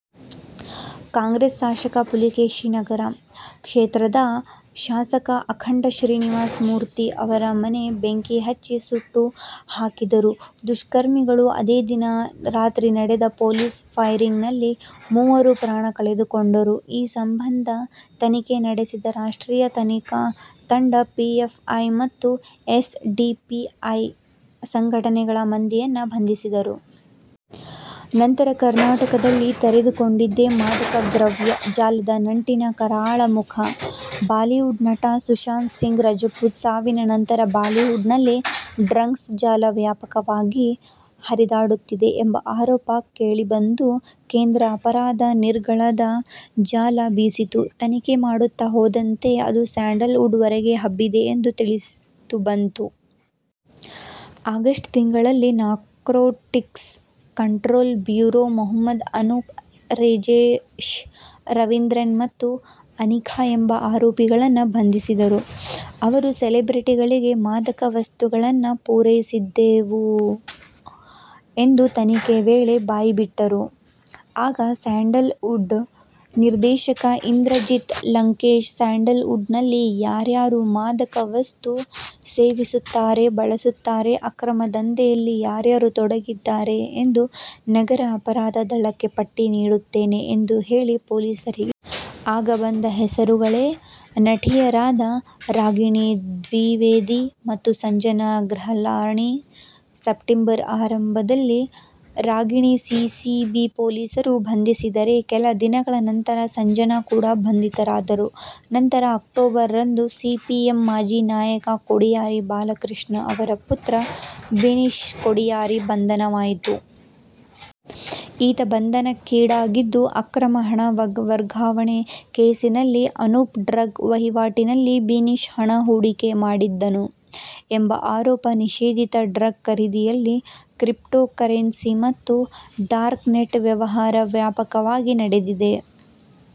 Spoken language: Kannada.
ಕಾಂಗ್ರೆಸ್ ಶಾಸಕ ಪುಲಕೇಶಿ ನಗರ ಕ್ಷೇತ್ರದ ಶಾಸಕ ಅಖಂಡ ಶ್ರೀನಿವಾಸ ಮೂರ್ತಿ ಅವರ ಮನೆಗೆ ಬೆಂಕಿ ಹಚ್ಚಿ ಸುಟ್ಟು ಹಾಕಿದರು ದುಷ್ಕರ್ಮಿಗಳು. ಅದೇ ದಿನ ರಾತ್ರಿ ನಡೆದ ಪೊಲೀಸ್ ಫೈರಿಂಗ್ ನಲ್ಲಿ ಮೂವರು ಪ್ರಾಣ ಕಳೆದುಕೊಂಡರು. ಈ ಸಂಬಂಧ ತನಿಖೆ ನಡೆಸಿದ ರಾಷ್ಟ್ರೀಯ ತನಿಖಾ ತಂಡ ಪಿಎಫ್ಐ ಮತ್ತು ಎಸ್ ಡಿಪಿಐ ಸಂಘಟನೆಗಳ ಮಂದಿಯನ್ನು ಬಂಧಿಸಿದರು. ನಂತರ ಕರ್ನಾಟಕದಲ್ಲಿ ತೆರೆದುಕೊಂಡಿದ್ದೇ ಮಾದಕದ್ರವ್ಯ ಜಾಲದ ನಂಟಿನ ಕರಾಳ ಮುಖ. ಬಾಲಿವುಡ್ ನಟ ಸುಶಾಂತ್ ಸಿಂಗ್ ರಜಪೂತ್ ಸಾವಿನ ನಂತರ ಬಾಲಿವುಡ್ ನಲ್ಲಿ ಡ್ರಗ್ಸ್ ಜಾಲ ವ್ಯಾಪಕವಾಗಿ ಹರಿದಾಡುತ್ತಿದೆ ಎಂಬ ಆರೋಪ ಕೇಳಿಬಂದು ಕೇಂದ್ರ ಅಪರಾಧ ನಿಗ್ರಹ ದಳ ಜಾಲ ಬೀಸಿತು, ತನಿಖೆ ಮಾಡುತ್ತಾ ಹೋದಂತೆ ಅದು ಸ್ಯಾಂಡಲ್ ವುಡ್ ವರೆಗೆ ಹಬ್ಬಿದೆ ಎಂದು ತಿಳಿದುಬಂತು. ಆಗಸ್ಟ್ ತಿಂಗಳಲ್ಲಿ narcotics control bureau Mohammed Anoop, Rejish Raveendran ಮತ್ತು ಅನಿಖಾ ಎಂಬ ಆರೋಪಿಗಳನ್ನು ಬಂಧಿಸಿದರು. ಇವರು ಸೆಲೆಬ್ರಿಟಿಗಳಿಗೆ ಮಾದಕ ವಸ್ತುಗಳನ್ನು ಪೂರೈಸುತ್ತಿದ್ದೆವು ಎಂದು ತನಿಖೆ ವೇಳೆ ಬಾಯಿಬಿಟ್ಟರು. ಆಗ ಸ್ಯಾಂಡಲ್ ವುಡ್ ನಿರ್ದೇಶಕ ಇಂದ್ರಜಿತ್ ಲಂಕೇಶ್, ಸ್ಯಾಂಡಲ್ ವುಡ್ ನಲ್ಲಿ ಯಾರ್ಯಾರು ಮಾದಕ ವಸ್ತು ಸೇವಿಸುತ್ತಾರೆ, ಬಳಸುತ್ತಾರೆ, ಅಕ್ರಮ ದಂಧೆಯಲ್ಲಿ ಯಾರ್ಯಾರು ತೊಡಗಿದ್ದಾರೆ ಎಂದು ನಗರ ಅಪರಾಧ ದಳಕ್ಕೆ ಪಟ್ಟಿ ನೀಡುತ್ತೇನೆ ಎಂದು ಹೇಳಿ ಪೊಲೀಸರಿಗೆ ನೀಡಿದರು. ಆಗ ಬಂದ ಹೆಸರುಗಳೇ ನಟಿಯರಾದ ರಾಗಿಣಿ ದ್ವಿವೇದಿ ಮತ್ತು ಸಂಜನಾ ಗಲ್ರಾಣಿ. ಸೆಪ್ಟೆಂಬರ್ ಆರಂಭದಲ್ಲಿ ರಾಗಿಣಿಯನ್ನು ಸಿಸಿಬಿ ಪೊಲೀಸರು ಬಂಧಿಸಿದರೆ, ಕೆಲ ದಿನಗಳ ನಂತರ ಸಂಜನಾ ಕೂಡ ಬಂಧಿತರಾದರು. ನಂತರ ಅಕ್ಟೋಬರ್ ರಂದು, ಸಿಪಿಎಂ ಮಾಜಿ ನಾಯಕ ಕೊಡಿಯಾರಿ ಬಾಲಕೃಷ್ಣ ಅವರ ಪುತ್ರ ಬಿನೀಶ್ ಕೊಡಿಯಾರಿ ಬಂಧನವಾಯಿತು. ಈತ ಬಂಧನಕ್ಕೀಡಾಗಿದ್ದು ಅಕ್ರಮ ಹಣ ವರ್ಗಾವಣೆ ಕೇಸಿನಲ್ಲಿ. ಅನೂಪ್ ಡ್ರಗ್ ವಹಿವಾಟಿನಲ್ಲಿ ಬಿನೀಶ್ ಹಣ ಹೂಡಿಕೆ ಮಾಡಿದ್ದನು ಎಂಬ ಆರೋಪ. ನಿಷೇಧಿತ ಡ್ರಗ್ಸ್ ಖರೀದಿಯಲ್ಲಿ ಕ್ರಿಪ್ಟೊಕರೆನ್ಸಿ ಮತ್ತು ಡಾರ್ಕ್ ನೆಟ್ ವ್ಯವಹಾರ ವ್ಯಾಪಕವಾಗಿ ನಡೆದಿದೆ